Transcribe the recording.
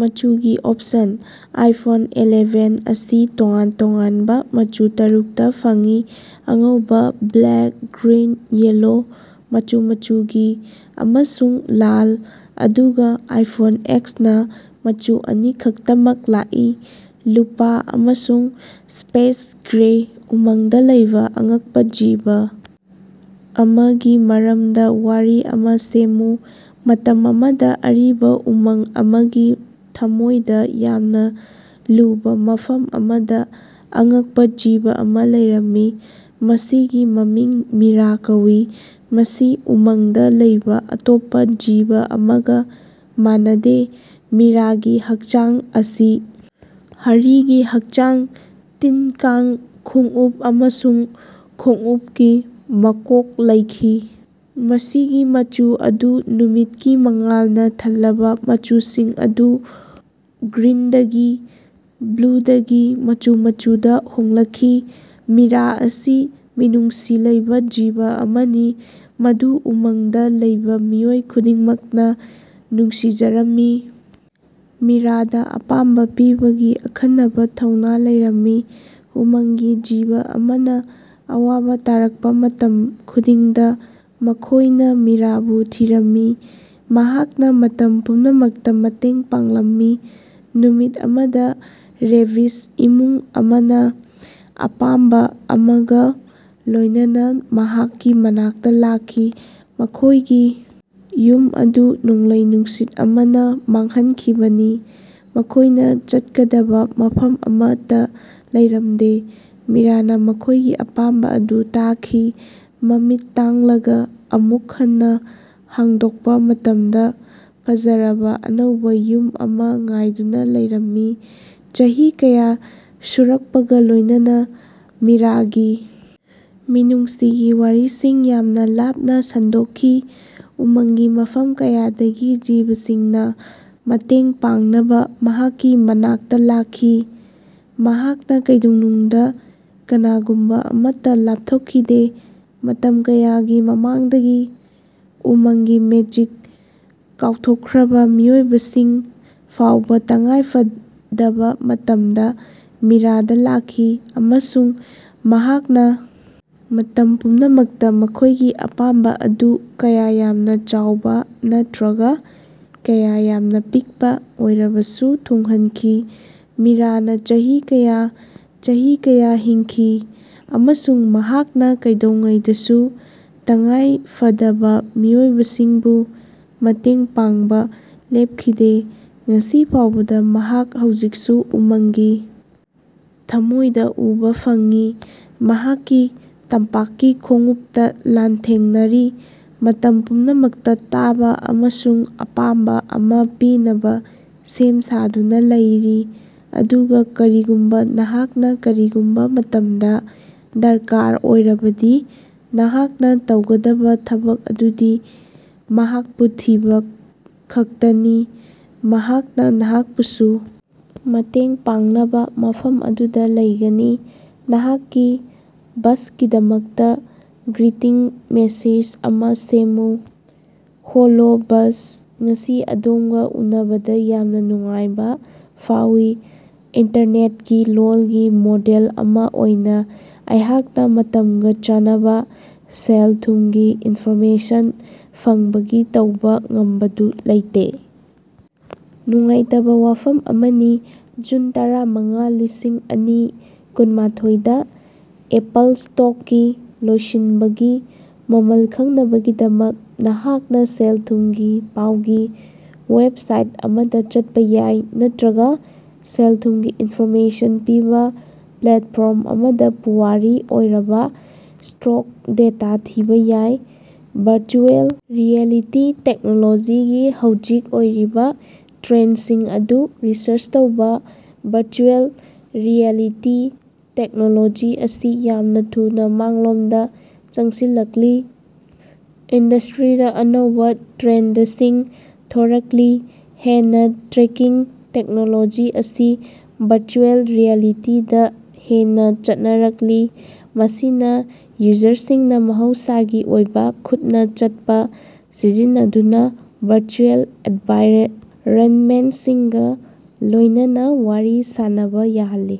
ꯃꯆꯨꯒꯤ option: iPhone eleven ꯑꯁꯤ ꯇꯣꯉꯥꯟ ꯇꯣꯉꯥꯟꯕ ꯃꯆꯨ ꯇꯔꯨꯛꯇ ꯐꯪꯏ: ꯑꯉꯧꯕ, ꯕ꯭ꯂꯦꯛ, ꯒ꯭ꯔꯤꯟ, ꯌꯦꯜꯂꯣ, ꯃꯆꯨ ꯃꯆꯨꯒꯤ, ꯑꯃꯁꯨꯡ ꯂꯥꯜ, ꯑꯗꯨꯒ ꯑꯥꯏꯐꯣꯟ ꯑꯦꯛꯁꯅ ꯃꯆꯨ ꯑꯅꯤ ꯈꯛꯇꯃꯛ ꯂꯥꯛꯏ: ꯂꯨꯄꯥ ꯑꯃꯁꯨꯡ ꯁ꯭ꯄꯦꯁ ꯒ꯭ꯔꯦ꯫ ꯎꯃꯪꯗ ꯂꯩꯕ ꯑꯉꯛꯄ ꯖꯤꯕ ꯑꯃꯒꯤ ꯃꯔꯝꯗ ꯋꯥꯔꯤ ꯑꯃ ꯁꯦꯝꯃꯨ꯫ ꯃꯇꯝ ꯑꯃꯗ ꯑꯔꯤꯕ ꯎꯃꯪ ꯑꯃꯒꯤ ꯊꯃꯣꯏꯗ ꯌꯥꯝꯅ ꯂꯨꯕ ꯃꯐꯝ ꯑꯃꯗ ꯑꯉꯛꯄ ꯖꯤꯕ ꯑꯃ ꯂꯩꯔꯝꯃꯤ꯫ ꯃꯁꯤꯒꯤ ꯃꯃꯤꯡ ꯃꯤꯔꯥ ꯀꯧꯏ, ꯃꯁꯤ ꯎꯃꯪꯗ ꯂꯩꯕ ꯑꯇꯣꯞꯄ ꯖꯤꯕ ꯑꯃꯒ ꯃꯥꯟꯅꯗꯦ꯫ ꯃꯤꯔꯥꯒꯤ ꯍꯛꯆꯥꯡ ꯑꯁꯤ ꯍꯔꯤꯒꯤ ꯍꯛꯆꯥꯡ, ꯇꯤꯟ-ꯀꯥꯡꯒꯤ ꯈꯣꯡꯎꯞ ꯑꯃꯁꯨꯡ ꯈꯣꯡꯎꯞꯀꯤ ꯃꯀꯣꯛ ꯂꯩꯈꯤ꯫ ꯃꯁꯤꯒꯤ ꯃꯆꯨ ꯑꯗꯨ ꯅꯨꯃꯤꯠꯀꯤ ꯃꯉꯥꯜꯅ ꯊꯜꯂꯕ ꯃꯆꯨꯁꯤꯡ ꯑꯗꯨ ꯒ꯭ꯔꯤꯟꯗꯒꯤ ꯕ꯭ꯂꯨꯗꯒꯤ ꯃꯆꯨ ꯃꯆꯨꯗ ꯍꯣꯡꯂꯛꯂꯤ꯫ ꯃꯤꯔꯥ ꯑꯁꯤ ꯃꯤꯅꯨꯡꯁꯤ ꯂꯩꯕ ꯖꯤꯕ ꯑꯃꯅꯤ, ꯃꯗꯨ ꯎꯃꯪꯗ ꯂꯩꯕ ꯃꯤꯑꯣꯏ ꯈꯨꯗꯤꯡꯃꯛꯅ ꯅꯨꯡꯁꯤꯖꯔꯝꯃꯤ꯫ ꯃꯤꯔꯥꯗ ꯑꯄꯥꯝꯕ ꯄꯤꯕꯒꯤ ꯑꯈꯟꯅꯕ ꯊꯧꯅꯥ ꯂꯩꯔꯝꯃꯤ꯫ ꯎꯃꯪꯒꯤ ꯖꯤꯕ ꯑꯃꯅ ꯑꯋꯥꯕ ꯇꯥꯔꯛꯄ ꯃꯇꯝ ꯈꯨꯗꯤꯡꯗ ꯃꯈꯣꯏꯅ ꯃꯤꯔꯥꯕꯨ ꯊꯤꯔꯝꯃꯤ, ꯃꯍꯥꯛꯅ ꯃꯇꯝ ꯄꯨꯝꯅꯃꯛꯇ ꯃꯇꯦꯡ ꯄꯥꯡꯂꯝꯃꯤ꯫ ꯅꯨꯃꯤꯠ ꯑꯃꯗ ꯔꯦꯕꯤꯖ ꯏꯃꯨꯡ ꯑꯃꯅ ꯑꯄꯥꯝꯕ ꯑꯃꯒ ꯂꯣꯏꯅꯅ ꯃꯍꯥꯛꯀꯤ ꯃꯅꯥꯛꯇ ꯂꯥꯛꯈꯤ꯫ ꯃꯈꯣꯏꯒꯤ ꯌꯨꯝ ꯑꯗꯨ ꯅꯣꯡꯂꯩ ꯅꯨꯡꯁꯤꯠ ꯑꯃꯅ ꯃꯥꯡꯍꯟꯈꯤꯕꯅꯤ, ꯃꯈꯣꯏꯅ ꯆꯠꯀꯗꯕ ꯃꯐꯝ ꯑꯃꯠꯇ ꯂꯩꯔꯝꯗꯦ꯫ ꯃꯤꯔꯥꯅ ꯃꯈꯣꯏꯒꯤ ꯑꯄꯥꯝꯕ ꯑꯗꯨ ꯇꯥꯈꯤ, ꯃꯃꯤꯠ ꯇꯥꯡꯂꯒ ꯑꯃꯨꯛ ꯍꯟꯅ ꯍꯥꯡꯗꯣꯛꯄ ꯃꯇꯝꯗ ꯐꯖꯔꯕ ꯑꯅꯧꯕ ꯌꯨꯝ ꯑꯃ ꯉꯥꯏꯗꯨꯅ ꯂꯩꯔꯝꯃꯤ꯫ ꯆꯍꯤ ꯀꯌꯥ ꯁꯨꯔꯛꯄꯒ ꯂꯣꯏꯅꯅ ꯃꯤꯔꯥꯒꯤ ꯃꯤꯅꯨꯡꯁꯤꯒꯤ ꯋꯥꯔꯤꯁꯤꯡ ꯌꯥꯝꯅ ꯂꯥꯞꯅ ꯁꯟꯗꯣꯛꯈꯤ꯫ ꯎꯃꯪꯒꯤ ꯃꯐꯝ ꯀꯌꯥꯗꯒꯤ ꯖꯤꯕꯁꯤꯡꯅ ꯃꯇꯦꯡ ꯄꯥꯡꯅꯕ ꯃꯍꯥꯛꯀꯤ ꯃꯅꯥꯛꯇ ꯂꯥꯛꯈꯤ, ꯃꯍꯥꯛꯅ ꯀꯩꯗꯧꯅꯨꯡꯗ ꯀꯅꯥꯒꯨꯝꯕ ꯑꯃꯠꯇ ꯂꯥꯄꯊꯣꯛꯈꯤꯗꯦ꯫ ꯃꯇꯝ ꯀꯌꯥꯒꯤ ꯃꯃꯥꯡꯗꯒꯤ ꯎꯃꯪꯒꯤ ꯃꯦꯖꯤꯛ ꯀꯥꯎꯊꯣꯛꯈ꯭ꯔꯕ ꯃꯤꯑꯣꯏꯕꯁꯤꯡ ꯐꯥꯎꯕ ꯇꯉꯥꯏꯐꯗꯕ ꯃꯇꯝꯗ ꯃꯤꯔꯥꯗ ꯂꯥꯛꯈꯤ꯫ ꯑꯃꯁꯨꯡ ꯃꯍꯥꯛꯅ ꯃꯇꯝ ꯄꯨꯝꯅꯃꯛꯇ ꯃꯈꯣꯏꯒꯤ ꯑꯄꯥꯝꯕ ꯑꯗꯨ ꯀꯌꯥ ꯌꯥꯝꯅ ꯆꯥꯎꯕ ꯅꯠꯇ꯭ꯔꯒ ꯀꯌꯥ ꯌꯥꯝꯅ ꯄꯤꯛꯄ ꯑꯣꯏꯔꯕꯁꯨ ꯊꯨꯡꯍꯟꯈꯤ꯫ ꯃꯤꯔꯥꯅ ꯆꯍꯤ ꯀꯌꯥ, ꯆꯍꯤ ꯀꯌꯥ ꯍꯤꯡꯈꯤ, ꯑꯃꯁꯨꯡ ꯃꯍꯥꯛꯅ ꯀꯩꯗꯧꯉꯩꯗꯁꯨ ꯇꯉꯥꯏꯐꯗꯕ ꯃꯤꯑꯣꯏꯁꯤꯡꯕꯨ ꯃꯇꯦꯡ ꯄꯥꯡꯕ ꯂꯦꯞꯈꯤꯗꯦ꯫ ꯉꯁꯤ ꯐꯥꯎꯕꯗ ꯃꯍꯥꯛ ꯍꯧꯖꯤꯛꯁꯨ ꯎꯃꯪꯒꯤ ꯊꯃꯣꯏꯗ ꯎꯕ ꯐꯪꯏ, ꯃꯍꯥꯛꯀꯤ ꯇꯝꯄꯥꯛꯀꯤ ꯈꯣꯡꯎꯞꯇ ꯂꯥꯟꯊꯦꯡꯅꯔꯤ, ꯃꯇꯝ ꯄꯨꯝꯅꯃꯛꯇ ꯇꯥꯕ ꯑꯃꯁꯨꯡ ꯑꯄꯥꯝꯕ ꯑꯃ ꯄꯤꯅꯕ ꯁꯦꯝ ꯁꯥꯗꯨꯅ ꯂꯩꯔꯤ꯫ ꯑꯗꯨꯒ ꯀꯔꯤꯒꯨꯝꯕ ꯅꯍꯥꯛꯅ ꯀꯔꯤꯒꯨꯝꯕ ꯃꯇꯝꯗ ꯗꯔꯀꯥꯔ ꯑꯣꯏꯔꯕꯗꯤ ꯅꯍꯥꯛꯅ ꯇꯧꯒꯗꯕ ꯊꯕꯛ ꯑꯗꯨꯗꯤ ꯃꯍꯥꯛꯄꯨ ꯊꯤꯕ ꯈꯛꯇꯅꯤ, ꯃꯍꯥꯛꯅ ꯅꯍꯥꯛꯄꯨꯁꯨ ꯃꯇꯦꯡ ꯄꯥꯡꯅꯕ ꯃꯐꯝ ꯑꯗꯨꯗ ꯂꯩꯒꯅꯤ꯫ ꯅꯍꯥꯛꯀꯤ ꯕꯁꯀꯤꯗꯃꯛꯇ ꯒ꯭ꯔꯤꯇꯤꯡ ꯃꯦꯁꯦꯖ ꯑꯃ ꯁꯦꯝꯃꯨ꯫ ꯍꯦꯂꯣ ꯕꯁ, ꯉꯁꯤ ꯑꯗꯣꯝꯒ ꯎꯅꯕꯗ ꯌꯥꯝꯅ ꯅꯨꯡꯉꯥꯏꯕ ꯐꯥꯎꯏ꯫ ꯏꯟꯇꯔꯅꯦꯠꯀꯤ ꯂꯣꯜꯒꯤ ꯃꯣꯗꯦꯜ ꯑꯃ ꯑꯣꯏꯅ ꯑꯩꯍꯥꯛꯅ ꯃꯇꯝꯒ ꯆꯥꯟꯅꯕ ꯁꯦꯜ-ꯊꯨꯝꯒꯤ ꯏꯟꯐꯣꯔꯃꯦꯁꯟ ꯐꯪꯕꯒꯤ ꯇꯧꯕ ꯉꯝꯕꯗꯨ ꯂꯩꯇꯦ, ꯅꯨꯡꯉꯥꯏꯇꯕ ꯋꯥꯐꯝ ꯑꯃꯅꯤ꯫ ꯖꯨꯟ ꯇꯔꯥꯃꯉꯥ, ꯂꯤꯁꯤꯡꯑꯅꯤ ꯀꯨꯟꯃꯥꯊꯣꯏ ꯗ ꯑꯦꯄꯜ ꯁ꯭ꯇꯣꯛꯀꯤ ꯂꯣꯏꯁꯤꯟꯕꯒꯤ ꯃꯃꯜ ꯈꯪꯅꯕꯒꯤꯗꯃꯛ, ꯅꯍꯥꯛꯅ ꯁꯦꯜ-ꯊꯨꯝꯒꯤ ꯄꯥꯎꯒꯤ ꯋꯦꯕꯁꯥꯏꯠ ꯑꯃꯗ ꯆꯠꯄ ꯌꯥꯏ ꯅꯠꯇ꯭ꯔꯒ ꯁꯦꯜ-ꯊꯨꯝꯒꯤ ꯏꯟꯐꯣꯔꯃꯦꯁꯟ ꯄꯤꯕ ꯄ꯭ꯂꯦꯠꯐꯣꯝ ꯑꯃꯗ ꯄꯨꯋꯥꯔꯤ ꯑꯣꯏꯔꯕ ꯁ꯭ꯇꯣꯛ ꯗꯦꯇꯥ ꯊꯤꯕ ꯌꯥꯏ꯫ ꯚꯔꯆꯨꯑꯦꯜ ꯔꯤꯌꯦꯂꯤꯇꯤ ꯇꯦꯛꯅꯣꯂꯣꯖꯤꯒꯤ ꯍꯧꯖꯤꯛ ꯑꯣꯏꯔꯤꯕ ꯇ꯭ꯔꯦꯟꯁꯤꯡ ꯑꯗꯨ ꯔꯤꯁꯔꯆ ꯇꯧꯕ꯫ ꯚꯔꯆꯨꯑꯦꯜ ꯔꯤꯌꯦꯂꯤꯇꯤ ꯇꯦꯛꯅꯣꯂꯣꯖꯤ ꯑꯁꯤ ꯌꯥꯝꯅ ꯊꯨꯅ ꯃꯥꯡꯂꯣꯝꯗ ꯆꯪꯁꯤꯜꯂꯛꯂꯤ, ꯏꯟꯗꯁ꯭ꯠꯔꯤꯗ ꯑꯅꯧꯕ ꯇ꯭ꯔꯦꯟꯗꯁꯤꯡ ꯊꯣꯔꯛꯂꯤ꯫ ꯍꯦꯟ ꯇ꯭ꯔꯦꯀꯤꯡ ꯇꯦꯛꯅꯣꯂꯣꯖꯤ ꯑꯁꯤ ꯚꯔꯆꯨꯑꯦꯜ ꯔꯤꯌꯦꯂꯤꯇꯤ ꯗ ꯍꯦꯟꯅ ꯆꯠꯅꯔꯛꯂꯤ, ꯃꯁꯤꯅ ꯌꯨꯖꯔꯁꯤꯡꯅ ꯃꯍꯧꯁꯥꯒꯤ ꯑꯣꯏꯕ ꯈꯨꯠꯅ ꯆꯠꯄ ꯁꯤꯖꯤꯟꯅꯗꯨꯅ ꯚꯔꯆꯨꯑꯦꯜ ꯑꯦꯟꯚꯥꯏꯔꯟꯃꯦꯟꯠꯁꯤꯡꯒ ꯂꯣꯏꯅꯅ ꯋꯥꯔꯤ ꯁꯥꯅꯕ ꯌꯥꯍꯜꯂꯤ꯫